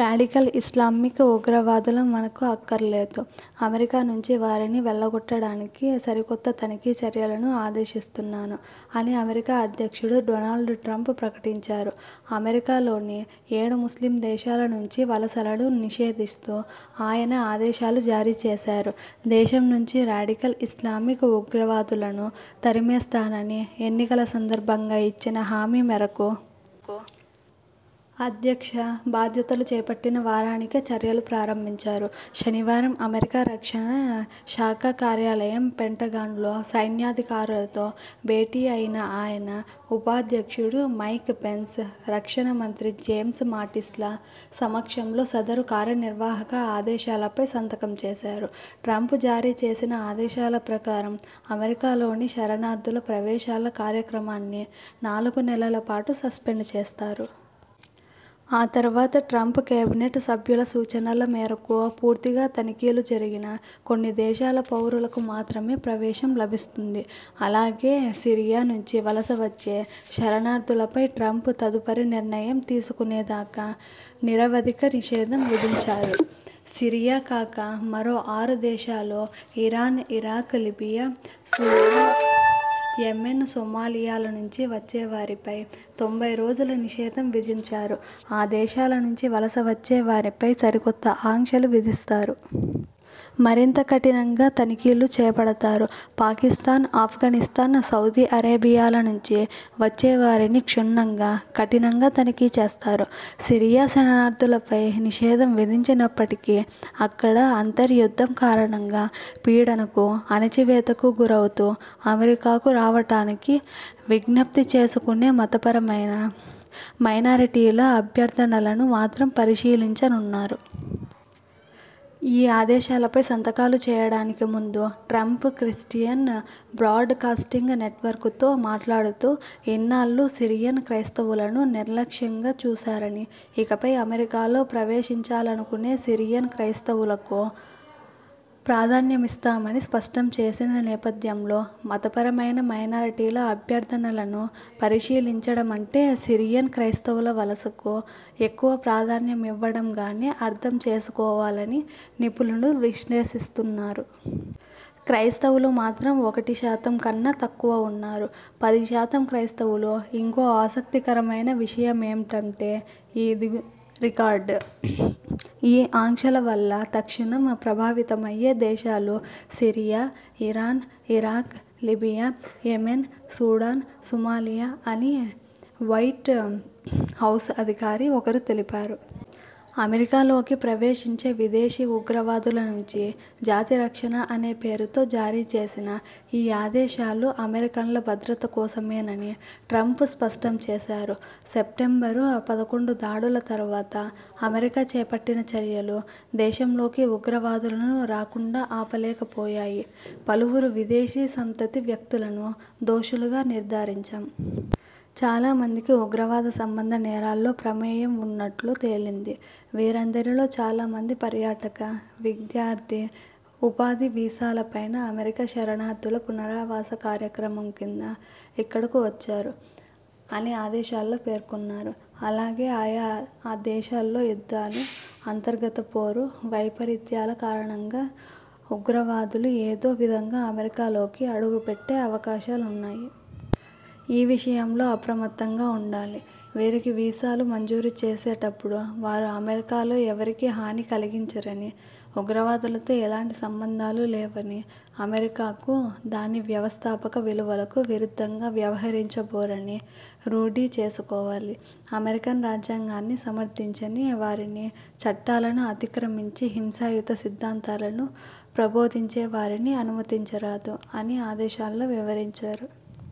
Radical Islamic ఉగ్రవాదులు మనకు అక్కర్లేదు. అమెరికా నుంచి వారిని వెళ్లగొట్టడానికి సరికొత్త తనిఖీ చర్యలకు ఆదేశిస్తున్నాను' అని అమెరికా అధ్యక్షుడు డోనాల్డ్ ట్రంప్ ప్రకటించారు. అమెరికాలోకి ఏడు ముస్లిం దేశాల నుంచి వలసలను నిషేధిస్తూ ఆయన ఆదేశాలు జారీ చేశారు. దేశం నుంచి రాడికల్ ఇస్లామిక్ ఉగ్రవాదులను తరిమేస్తానని ఎన్నికల సందర్భంగా ఇచ్చిన హామీ మేరకు.. అధ్యక్ష బాధ్యతలు చేపట్టిన వారానికే చర్యలు ప్రారంభించారు. శనివారం అమెరికా రక్షణ శాఖ కార్యాలయం పెంటగాన్లో సైన్యాధికారులతో భేటీ అయిన ఆయన ఉపాధ్యక్షుడు మైక్ పెన్స్, రక్షణ మంత్రి జేమ్స్ మాటిస్ల సమక్షంలో సదరు కార్యనిర్వాహక ఆదేశాలపై సంతకం చేశారు. ట్రంప్ జారీ చేసిన ఆదేశాల ప్రకారం అమెరికాలోకి శరణార్థుల ప్రవేశాల కార్యక్రమాన్ని నాలుగు నెలలపాటు సస్పెండ్ చేస్తారు. ఆ తర్వాత ట్రంప్ కేబినెట్ సభ్యుల సూచనల మేరకు పూర్తిగా తనిఖీలు జరిగిన కొన్ని దేశాల పౌరులకు మాత్రమే ప్రవేశం లభిస్తుంది. అలాగే, సిరియా నుంచి వలస వచ్చే శరణార్థులపై ట్రంప్ తదుపరి నిర్ణయం తీసుకునేదాకా నిరవధిక నిషేధం విధించారు. సిరియా కాక మరో ఆరు దేశాలు Iran, Iraq, Libya, Sudan, Yemen, సొమాలియాల నుంచి వచ్చేవారిపై తొంభై రోజులు నిషేధం విధించారు ఈ దేశాల నుంచి వలసవచ్చే వారిపై సరికొత్త ఆంక్షలు విధిస్తారు. మరింత కఠినంగా తనిఖీలు చేపడతారు. పాకిస్థాన్, అఫ్ఘానిస్థాన్, సౌదీ అరేబియాల నుంచి వచ్చేవారిని క్షుణ్నంగా, కఠినంగా తనిఖీ చేస్తారు. సిరియా శరణార్థులపై నిషేధం విధించినప్పటికీ.. అక్కడ అంతర్యుద్ధం కారణంగా పీడనకు, అణచివేతకు గురవుతూ అమెరికాకు రావడానికి విజ్ఞప్తి చేసుకునే మతపరమైన మైనారిటీల అభ్యర్థనలను మాత్రం పరిశీలించనున్నారు. ఈ ఆదేశాలపై సంతకాలు చేయడానికి ముందు Trump Christian Broadcasting Network తో మాట్లాడుతూ ఇన్నాళ్లూ సిరియన్ క్రైస్తవులను నిర్లక్ష్యంగా చూశారని, ఇకపై అమెరికాలో ప్రవేశించాలనుకునే సిరియన్ క్రైస్తవులకు ప్రాధాన్యమిస్తామని స్పష్టం చేసిన నేపథ్యంలో మతపరమైన మైనారిటీల అభ్యర్థనలను పరిశీలించడమంటే సిరియన్ క్రైస్తవుల వలసకు ఎక్కువ ప్రాధాన్యమివ్వడంగానే అర్థం చేసుకోవాలని నిపుణులు విశ్లేషిస్తున్నారు. క్రైస్తవులు మాత్రం ఒకటి శాతం కన్నా తక్కువ ఉన్నారు. పది శాతం క్రైస్తవులు. ఇంకో ఆసక్తికరమైన విషయమేంటంటేఇ దో రికార్డు. ఈ ఆంక్షల వల్ల తక్షణం ప్రభావితమయ్యే దేశాలు Syria, Iran, Iraq, Libya, Yemen, Sudan, Somalia అని వైట్ హౌస్ అధికారి ఒకరు తెలిపారు. 'అమెరికాలోకి ప్రవేశించే విదేశీ ఉగ్రవాదుల నుంచి జాతిరక్షణ' అనే పేరుతో జారీచేసిన ఈ ఆదేశాలు అమెరికన్ల భద్రత కోసమేనని ట్రంప్ స్పష్టం చేశారు. సెప్టెంబరు పదకొండు దాడుల తర్వాత అమెరికా చేపట్టిన చర్యలు దేశంలోకి ఉగ్రవాదులను రాకుండా ఆపలేకపోయాయి. పలువురు విదేశీ సంతతి వ్యక్తులను దోషులుగా నిర్ధారించాం. చాలా మందికి ఉగ్రవాద సంబంధ నేరాల్లో ప్రమేయం ఉన్నట్లు తేలింది. వీరందరిలో చాలా మంది పర్యాటక, విద్యార్థి, ఉపాధి వీసాలపైన, అమెరికా శరణార్థుల పునరావాస కార్యక్రమం కింద ఇక్కడకు వచ్చారు' అని ఆదేశాల్లో పేర్కొన్నారు. అలాగే 'ఆయా దేశాల్లో యుద్ధాలు, అంతర్గత పోరు, వైపరీత్యాల కారణంగా ఉగ్రవాదులు ఏదో విధంగా అమెరికాలోకి అడుగుపెట్టే అవకాశాలున్నాయి. ఈ విషయంలో అప్రమత్తంగా ఉండాలి. వారికి వీసాలు మంజూరు చేసేటప్పుడు వారు అమెరికాలో ఎవరికీ హాని కలిగించరని, ఉగ్రవాదులతో ఎలాంటి సంబంధాలు లేవని, అమెరికాకు, దాని వ్యవస్థాపక విలువలకు విరుద్ధంగా వ్యవహరించబోరని రూఢి చేసుకోవాలి. అమెరికన్ రాజ్యాంగాన్ని సమర్థించని వారిని, చట్టాలను అతిక్రమించి హింసాయుత సిద్ధాంతాలను ప్రబోధించేవారిని అనుమతించరాదు' అని ఆదేశాల్లో వివరించారు.